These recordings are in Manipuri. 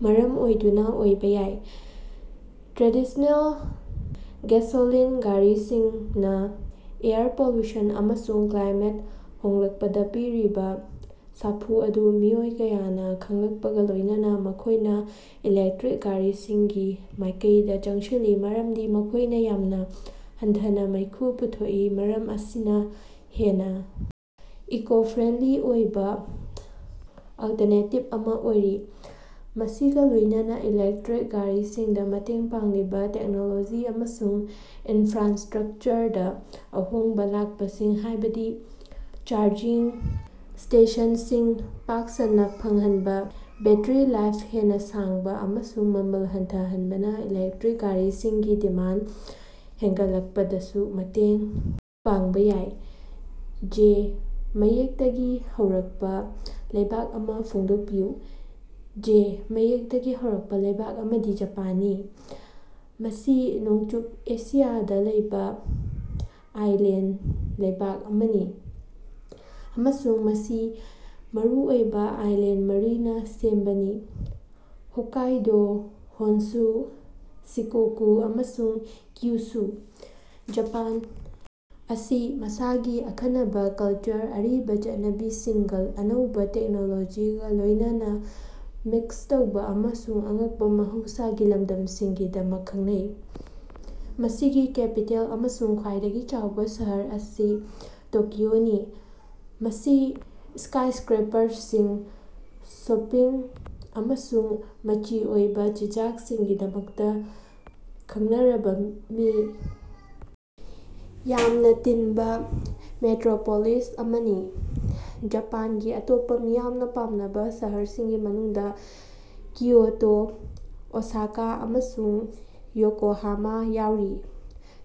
ꯃꯔꯝ ꯑꯣꯏꯗꯨꯅ ꯑꯣꯏꯕ ꯌꯥꯏ꯫ ꯇ꯭ꯔꯦꯗꯤꯁꯅꯦꯜ ꯒꯦꯁꯣꯂꯤꯟ ꯒꯥꯔꯤꯁꯤꯡꯅ ꯑꯦꯌꯔ ꯄꯣꯂꯨꯁꯟ ꯑꯃꯁꯨꯡ ꯀ꯭ꯂꯥꯏꯃꯦꯠ ꯍꯣꯡꯂꯛꯄꯗ ꯄꯤꯔꯤꯕ ꯁꯥꯐꯨ ꯑꯗꯨ ꯃꯤꯑꯣꯏ ꯀꯌꯥꯅ ꯈꯡꯂꯛꯄꯒ ꯂꯣꯢꯅꯅꯥ ꯃꯈꯣꯢꯅ ꯏꯂꯦꯛꯇ꯭ꯔꯤꯛ ꯒꯥꯔꯤꯁꯤꯡꯒꯤ ꯃꯥꯢꯀꯩꯗ ꯆꯪꯁꯤꯜꯂꯤ ꯃꯔꯝꯗꯤ ꯃꯈꯣꯢꯅ ꯌꯥꯝꯅ ꯍꯟꯊꯅ ꯃꯩꯈꯨ ꯄꯨꯊꯣꯛꯏ ꯃꯔꯝ ꯑꯁꯤꯅ ꯍꯦꯟꯅ ꯏꯀꯣ-ꯐ꯭ꯔꯦꯟꯗꯂꯤ ꯑꯣꯏꯕ ꯑꯜꯇꯔꯅꯦꯇꯤꯕ ꯑꯃ ꯑꯣꯏꯔꯤ꯫ ꯃꯁꯤꯒ ꯂꯣꯢꯅꯅꯥ ꯏꯂꯦꯛꯇ꯭ꯔꯤꯛ ꯒꯥꯔꯤꯁꯤꯡꯗ ꯃꯇꯦꯡ ꯄꯥꯡꯂꯤꯕꯥ ꯇꯦꯛꯅꯣꯂꯣꯖꯤ ꯑꯃꯁꯨꯡ ꯏꯟꯐ꯭ꯔꯥꯁꯇ꯭ꯔꯛꯆꯔꯗ ꯑꯍꯣꯡꯕ ꯂꯥꯛꯄꯁꯤꯡ ꯍꯥꯢꯕꯗꯤ ꯆꯥꯔꯖꯤꯡ ꯁ꯭ꯇꯦꯁꯟꯁꯤꯡ ꯄꯥꯛ ꯁꯟꯅ ꯐꯪꯍꯟꯕ ꯕꯦꯠꯇ꯭ꯔꯤ-ꯂꯥꯏꯐ ꯍꯦꯟꯅ ꯁꯥꯡꯕ ꯑꯃꯁꯨꯡ ꯃꯃꯜ ꯍꯟꯊꯍꯟꯕꯅ ꯏꯂꯦꯛꯇ꯭ꯔꯤꯛ ꯒꯥꯔꯤꯁꯤꯡꯒꯤ ꯗꯤꯃꯥꯟꯗ ꯍꯦꯟꯒꯠꯂꯛꯄꯗꯁꯨ ꯃꯇꯦꯡ ꯄꯥꯡꯕ ꯌꯥꯏ꯫ ꯖꯦ ꯃꯌꯦꯛꯇꯒꯤ ꯍꯧꯔꯛꯄ ꯂꯩꯕꯥꯛ ꯑꯃ ꯐꯣꯡꯗꯣꯛꯄꯤꯌꯨ꯫ ꯖꯦ ꯃꯌꯦꯛꯇꯒꯤ ꯍꯧꯔꯛꯄ ꯂꯩꯕꯥꯛ ꯑꯃꯗꯤ ꯖꯄꯥꯟꯅꯤ꯫ ꯃꯁꯤ ꯅꯣꯡꯆꯨꯞ ꯑꯦꯁꯤꯌꯥꯗ ꯂꯩꯕ ꯑꯥꯏꯂꯦꯟꯗ ꯂꯩꯕꯥꯛ ꯑꯃꯅꯤ ꯑꯃꯁꯨꯡ ꯃꯁꯤ ꯃꯔꯨꯑꯣꯏꯕ ꯑꯥꯏꯂꯦꯟꯗ ꯃꯔꯤꯅꯥ ꯁꯦꯝꯕꯅꯤ ꯍꯣꯛꯀꯥꯏꯗꯣ, ꯍꯣꯟꯁꯨ, ꯁꯤꯀꯣꯀꯨ ꯑꯃꯁꯨꯡ ꯀ꯭ꯌꯨꯁꯨ꯫ ꯖꯄꯥꯟ ꯑꯁꯤ ꯃꯁꯥꯒꯤ ꯑꯈꯟꯅꯕ ꯀꯜꯆꯔ ꯑꯔꯤꯕ ꯆꯠꯅꯕꯤꯁꯤꯡꯒ ꯑꯅꯧꯕ ꯇꯦꯛꯅꯣꯂꯣꯖꯤꯒ ꯂꯣꯢꯅꯅꯥ ꯃꯤꯛꯁ ꯇꯧꯕꯥ ꯑꯃꯁꯨꯡ ꯑꯉꯛꯄ ꯃꯍꯧꯁꯥꯒꯤ ꯂꯝꯗꯝꯁꯤꯡꯒꯤꯗꯃꯛ ꯈꯪꯅꯩ꯫ ꯃꯁꯤꯒꯤ ꯀꯦꯄꯤꯇꯦꯜ ꯑꯃꯁꯨꯡ ꯈ꯭ꯋꯥꯏꯗꯒꯤ ꯆꯥꯎꯕ ꯁꯍꯔ ꯑꯁꯤ ꯇꯣꯀꯤꯑꯣꯅꯤ ꯃꯁꯤ ꯁ꯭ꯀꯥꯏꯁꯀ꯭ꯔꯦꯄꯔꯁꯤꯡ ꯁꯣꯄꯤꯡ ꯑꯃꯁꯨꯡ ꯃꯆꯤ ꯑꯣꯏꯕ ꯆꯤꯟꯖꯥꯛꯁꯤꯡꯒꯤꯗꯃꯛꯇ ꯈꯡꯅꯔꯕ ꯃꯤ ꯌꯥꯝꯅ ꯇꯤꯟꯕ ꯃꯦꯇ꯭ꯔꯣꯄꯣꯂꯤꯁ ꯑꯃꯅꯤ꯫ ꯖꯄꯥꯟꯒꯤ ꯑꯇꯣꯞꯄ ꯃꯤꯌꯥꯝꯅ ꯄꯥꯝꯅꯕ ꯁꯍꯔꯁꯤꯡꯒꯤ ꯃꯅꯨꯡꯗ ꯀꯤꯌꯣꯇꯣ ꯑꯣꯁꯥꯀꯥ ꯑꯃꯁꯨꯡ ꯌꯣꯀꯣꯍꯥꯃꯥ ꯌꯥꯎꯔꯤ꯫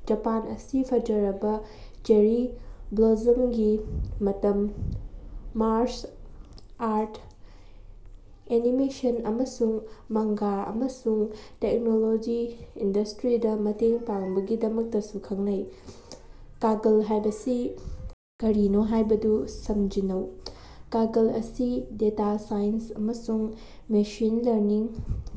ꯖꯄꯥꯟ ꯑꯁꯤ ꯐꯖꯔꯕ ꯆꯦꯔꯤ ꯕ꯭ꯂꯣꯁꯝꯒꯤ ꯃꯇꯝ, ꯃꯥꯔꯁ ꯑꯥꯔꯠ, ꯑꯦꯅꯤꯃꯦꯁꯟ ꯑꯃꯁꯨꯡ ꯃꯥꯡꯒꯥ ꯑꯃꯁꯨꯡ ꯇꯦꯛꯅꯣꯂꯣꯖꯤ ꯏꯟꯗꯁꯇ꯭ꯔꯤꯗ ꯃꯇꯦꯡ ꯄꯥꯡꯕꯒꯤꯗꯃꯛꯇꯁꯨ ꯈꯪꯅꯩ꯫ ꯀꯥꯒꯜ ꯍꯥꯢꯕꯁꯤ ꯀꯔꯤꯅꯣ ꯍꯥꯢꯕꯗꯨ ꯁꯝꯖꯤꯟꯅꯧ꯫ ꯀꯥꯒꯜ ꯑꯁꯤ ꯗꯦꯇꯥ ꯁꯥꯏꯟꯁ ꯑꯃꯁꯨꯡ ꯃꯦꯁꯤꯟ ꯂꯔꯅꯤꯡ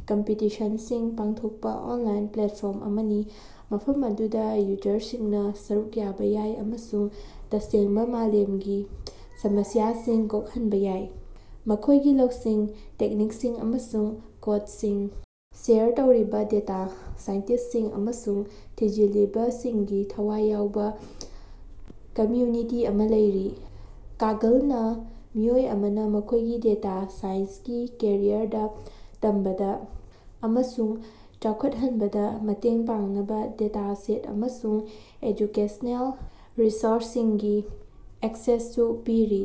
ꯀꯝꯄꯤꯇꯤꯁꯟꯁꯤꯡ ꯄꯥꯡꯊꯣꯛꯄ ꯑꯣꯟꯂꯥꯏꯟ ꯄ꯭ꯂꯦꯠꯐꯣꯔꯝ ꯑꯃꯅꯤ ꯃꯐꯝ ꯑꯗꯨꯗ ꯌꯨꯖꯔꯁꯤꯡꯅ ꯁꯔꯨꯛ ꯌꯥꯕ ꯌꯥꯏ ꯑꯃꯁꯨꯡ ꯇꯁꯦꯡꯕ ꯃꯥꯂꯦꯝꯒꯤ ꯁꯃꯁ꯭ꯌꯥꯁꯤꯡ ꯀꯣꯛꯍꯟꯕ ꯌꯥꯏ꯫ ꯃꯈꯣꯢꯒꯤ ꯂꯧꯁꯤꯡ, ꯇꯦꯛꯅꯤꯛꯁꯤꯡ ꯑꯃꯁꯨꯡ ꯀꯣꯗꯁꯤꯡ ꯁꯦꯌꯔ ꯇꯧꯔꯤꯕ ꯗꯦꯇꯥ ꯁꯥꯏꯟꯇꯤꯁꯇꯁꯤꯡ ꯑꯃꯁꯨꯡ ꯊꯤꯖꯤꯜꯂꯤꯕ ꯁꯤꯡꯒꯤ ꯊꯋꯥꯏ ꯌꯥꯎꯕ ꯀꯝꯃ꯭ꯌꯨꯅꯤꯇꯤ ꯑꯃ ꯂꯩꯔꯤ꯫ ꯀꯥꯒꯜꯅꯥ ꯃꯤꯑꯣꯏ ꯑꯃꯅ ꯃꯈꯣꯢꯒꯤ ꯗꯦꯇꯥ ꯁꯥꯏꯟꯁꯀꯤ ꯀꯦꯔꯤꯌꯔꯗ ꯇꯝꯕꯗ ꯑꯃꯁꯨꯡ ꯆꯥꯎꯈꯠꯍꯟꯕꯗ ꯃꯇꯦꯡ ꯄꯥꯡꯅꯕ ꯗꯦꯇꯥꯁꯦꯠ ꯑꯃꯁꯨꯡ ꯑꯦꯖꯨꯀꯦꯁꯅꯦꯜ ꯔꯤꯁꯣꯔꯁꯁꯤꯡꯒꯤ ꯑꯦꯛꯁꯦꯁꯁꯨ ꯄꯤꯔꯤ꯫